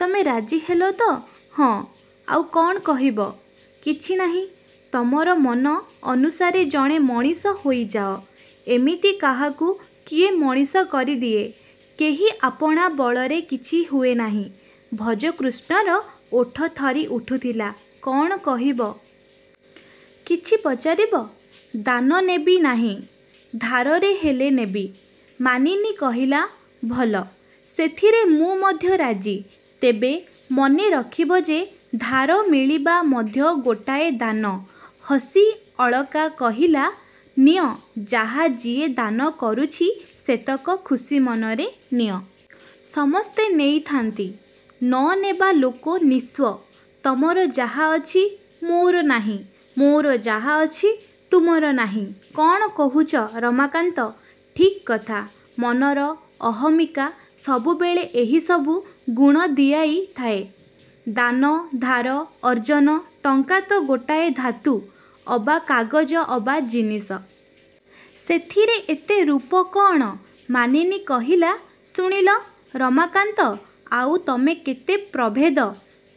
ତମେ ରାଜି ହେଲ ତ? -ହଁ। -ଆଉ କ'ଣ କହିବ? -କିଛି ନାହିଁ। ତମର ମନ ଅନୁସାରେ ଜଣେ ମଣିଷ ହୋଇଯାଅ। ଏମିତି କାହାକୁ କିଏ ମଣିଷ କରିଦିଏ। କେହି ଆପଣା ବଳରେ କିଛି ହୁଏ ନାହିଁ। -ଭଜକୃଷ୍ଣର ଓଠ ଥରି ଉଠୁଥିଲା। -କ'ଣ କହିବ? କିଛି ପଚାରିବ? -ଦାନ ନେବି ନାହିଁ। ଧାରରେ ହେଲେ ନେବି। -ମାନିନୀ କହିଲା-ଭଲ। ସେଥିରେ ମୁଁ ମଧ୍ୟ ରାଜି। ତେବେ ମନେ ରଖିବ ଯେ ଧାର ମିଳିବା ମଧ୍ୟ ଗୋଟାଏ ଦାନ। ହସି ଅଳକା କହିଲା-ନିଅ। ଯାହା ଯିଏ ଦାନ କରୁଛି ସେତକ ଖୁସି ମନରେ ନିଅ। ସମସ୍ତେ ନେଇଥାନ୍ତି। ନ ନେବା ଲୋକ ନିସ୍ୱ। ତମର ଯାହା ଅଛି, ମୋର ନାହିଁ। ମୋର ଯାହା ଅଛି-ତୁମର ନାହିଁ। କ'ଣ କହୁଛ ରମାକାନ୍ତ? -ଠିକ୍ କଥା। ମନର ଅହମିକା ସବୁବେଳେ ଏହିସବୁ ଗୁଣ ଦିଆଇ ଥାଏ-ଦାନ, ଧାର, ଅର୍ଜ୍ଜନ-ଟଙ୍କା ତ ଗୋଟାଏ ଧାତୁ ଅବା କାଗଜ ଅବା ଜିନିଷ। ସେଥିରେ ଏତେ ରୂପ କ'ଣ? ମାନିନୀ କହିଲା-ଶୁଣିଲ? ରମାକାନ୍ତ ଆଉ ତମେ କେତେ ପ୍ରଭେଦ?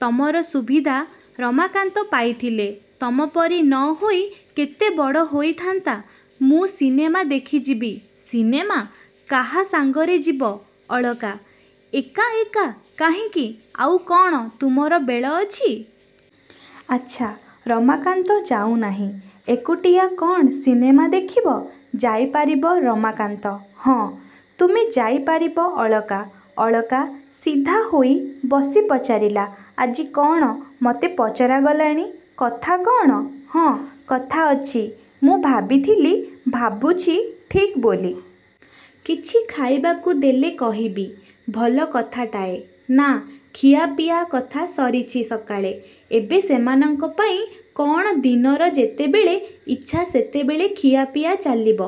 ତମର ସୁବିଧା ରମାକାନ୍ତ ପାଇଥିଲେ ତମପରି ନ ହୋଇ କେତେ ବଡ଼ ହୋଇଥାନ୍ତା- -ମୁଁ ସିନେମା ଦେଖିଯିବି। -ସିନେମା? କାହା ସାଙ୍ଗରେ ଯିବ ଅଳକା? -ଏକା-ଏକା। -କାହିଁକି? -ଆଉ କ'ଣ ତୁମର ବେଳ ଅଛି? -ଆଚ୍ଛା, ରମାକାନ୍ତ ଯାଉ ନାହିଁ? ଏକୁଟିଆ କ'ଣ ସିନେମା ଦେଖିବ? ଯାଇପାରିବ ରମାକାନ୍ତ? -ହଁ। -ତୁମେ ଯାଇ ପାରିବ ଅଳକା? ଅଳକା ସିଧା ହୋଇ ବସି ପଚାରିଲା-ଆଜି କ'ଣ ମତେ ପଚରାଗଲାଣି? କଥା କ'ଣ-? -ହଁ କଥା ଅଛି। ମୁଁ ଭାବିଥିଲି। ଭାବୁଛି ଠିକ୍ ବୋଲି। କିଛି ଖାଇବାକୁ ଦେଲେ କହିବି। ଭଲ କଥାଟାଏ। -ନା, ଖିଆପିଆ କଥା ସରିଛି ସକାଳେ। ଏବେ ସେମାନଙ୍କ ପାଇଁ କ'ଣ ଦିନର ଯେତେବେଳେ ଇଚ୍ଛା ସେତେବେଳେ ଖିଆପିଆ ଚାଲିବ?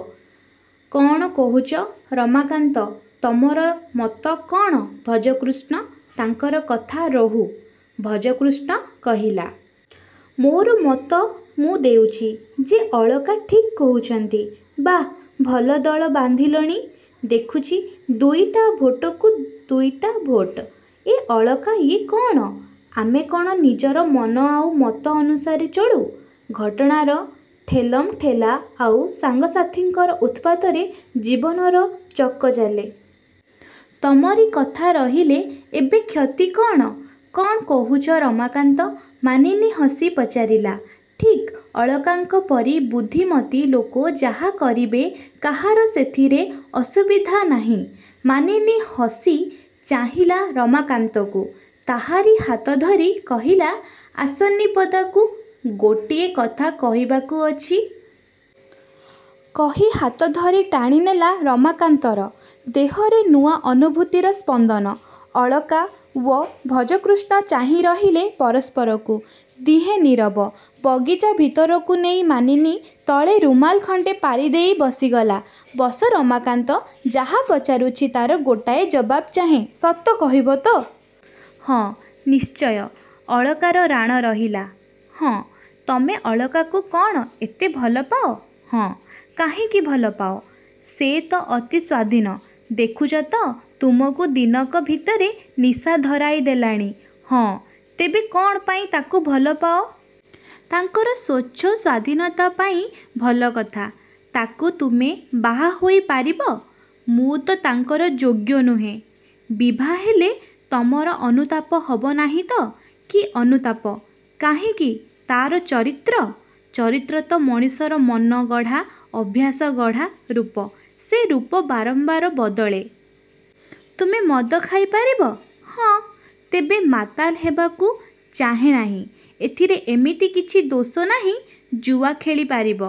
କ'ଣ କହୁଛ ରମାକାନ୍ତ? ତମର ମତ କ'ଣ ଭଜକୃଷ୍ଣ? ତାଙ୍କର କଥା ରହୁ। -ଭଜକୃଷ୍ଣ କହିଲା। -ମୋର ମତ ମୁଁ ଦେଉଛି ଯେ ଅଳକା ଠିକ୍ କହୁଛନ୍ତି। -ବାଃ, ଭଲ ଦଳ ବାନ୍ଧିଲଣି ଦେଖୁଛି। ଦୁଇଟା ଭୋଟକୁ ଦୁଇଟା ଭୋଟ୍। ଏ ଅଳକା-ଇଏ କ'ଣ? -ଆମେ କ'ଣ ନିଜର ମନ ଆଉ ମତ ଅନୁସାରେ ଚଳୁ? ଘଟଣାର ଠେଲମ୍ ଠେଲା ଆଉ ସାଙ୍ଗସାଥୀଙ୍କର ଉତ୍ପାତରେ ଜୀବନର ଚକ ଚାଲେ। ତମରି କଥା ରହିଲେ ଏବେ କ୍ଷତି କ'ଣ-? -କ'ଣ କହୁଛ ରମାକାନ୍ତ? ମାନିନୀ ହସି ପଚାରିଲା। -ଠିକ୍। ଅଳକାଙ୍କ ପରି ବୁଦ୍ଧିମତୀ ଲୋକ ଯାହା କରିବେ କାହାର ସେଥିରେ ଅସୁବିଧା ନାହିଁ। ମାନିନୀ ହସି ଚାହିଁଲା ରମାକାନ୍ତକୁ। ତାହାର ହାତଧରି କହିଲା-ଆସନି ପଦାକୁ। ଗୋଟିଏ କଥା କହିବାକୁ ଅଛି। କହି ହାତଧରି ଟାଣିନେଲା। ରମାକାନ୍ତର ଦେହରେ ନୂଆ ଅନୁଭୂତିର ସ୍ପନ୍ଦନ। ଅଳକା ଓ ଭଜକୃଷ୍ଣ ଚାହିଁ ରହିଲେ ପରସ୍ପରକୁ। ଦିହେଁ ନୀରବ। ବଗିଚା ଭିତରକୁ ନେଇ ମାନିନୀ ତଳେ ରୁମାଲ ଖଣ୍ଡେ ପାରିଦେଇ ବସିଗଲା-ବସ ରମାକାନ୍ତ। -ଯାହା ପଚାରୁଛି ତା'ର ଗୋଟାଏ ଜବାବ ଚାହେଁ। ସତ କହିବ ତ? -ହଁ। -ନିଶ୍ଚୟ। ଅଳକାର ରାଣ ରହିଲା। -ହଁ। -ତମେ ଅଳକାକୁ କ'ଣ ଏତେ ଭଲ ପାଅ? -ହଁ। -କାହିଁକି ଭଲ ପାଅ? ସେ ତ ଅତି ସ୍ୱାଧୀନ। ଦେଖୁଛ ତ ତୁମକୁ ଦିନକ ଭିତରେ ନିଶା ଧରାଇ ଦେଲାଣି। -ହଁ। -ତେବେ କ'ଣ ପାଇଁ ତା'କୁ ଭଲ ପାଅ? -ତାଙ୍କର ସ୍ୱଚ୍ଛ ସ୍ୱାଧୀନତା ପାଇଁ। -ଭଲ କଥା। ତା'କୁ ତୁମେ ବାହାହେଇ ପାରିବ? -ମୁଁ ତ ତାଙ୍କର ଯୋଗ୍ୟ ନୁହେଁ। -ବିଭାହେଲେ ତମର ଅନୁତାପ ହବ ନାହିଁ ତ? -କି ଅନୁତାପ? କାହିଁକି? -ତା'ର ଚରିତ୍ର? -ଚରିତ୍ର ତ ମଣିଷର ମନ-ଗଢ଼ା, ଅଭ୍ୟାସ-ଗଢ଼ା ରୂପ। ସେ ରୂପ ବାରମ୍ବାର ବଦଳେ-। -ତମେ ମଦ ଖାଇ ପାରିବ? -ହଁ। ତେବେ ମାତାଲ ହେବାକୁ ଚାହେଁ ନାହିଁ। ଏଥିରେ ଏମିତି କିଛି ଦୋଷ ନାହିଁ। -ଜୁଆ ଖେଳି ପାରିବ?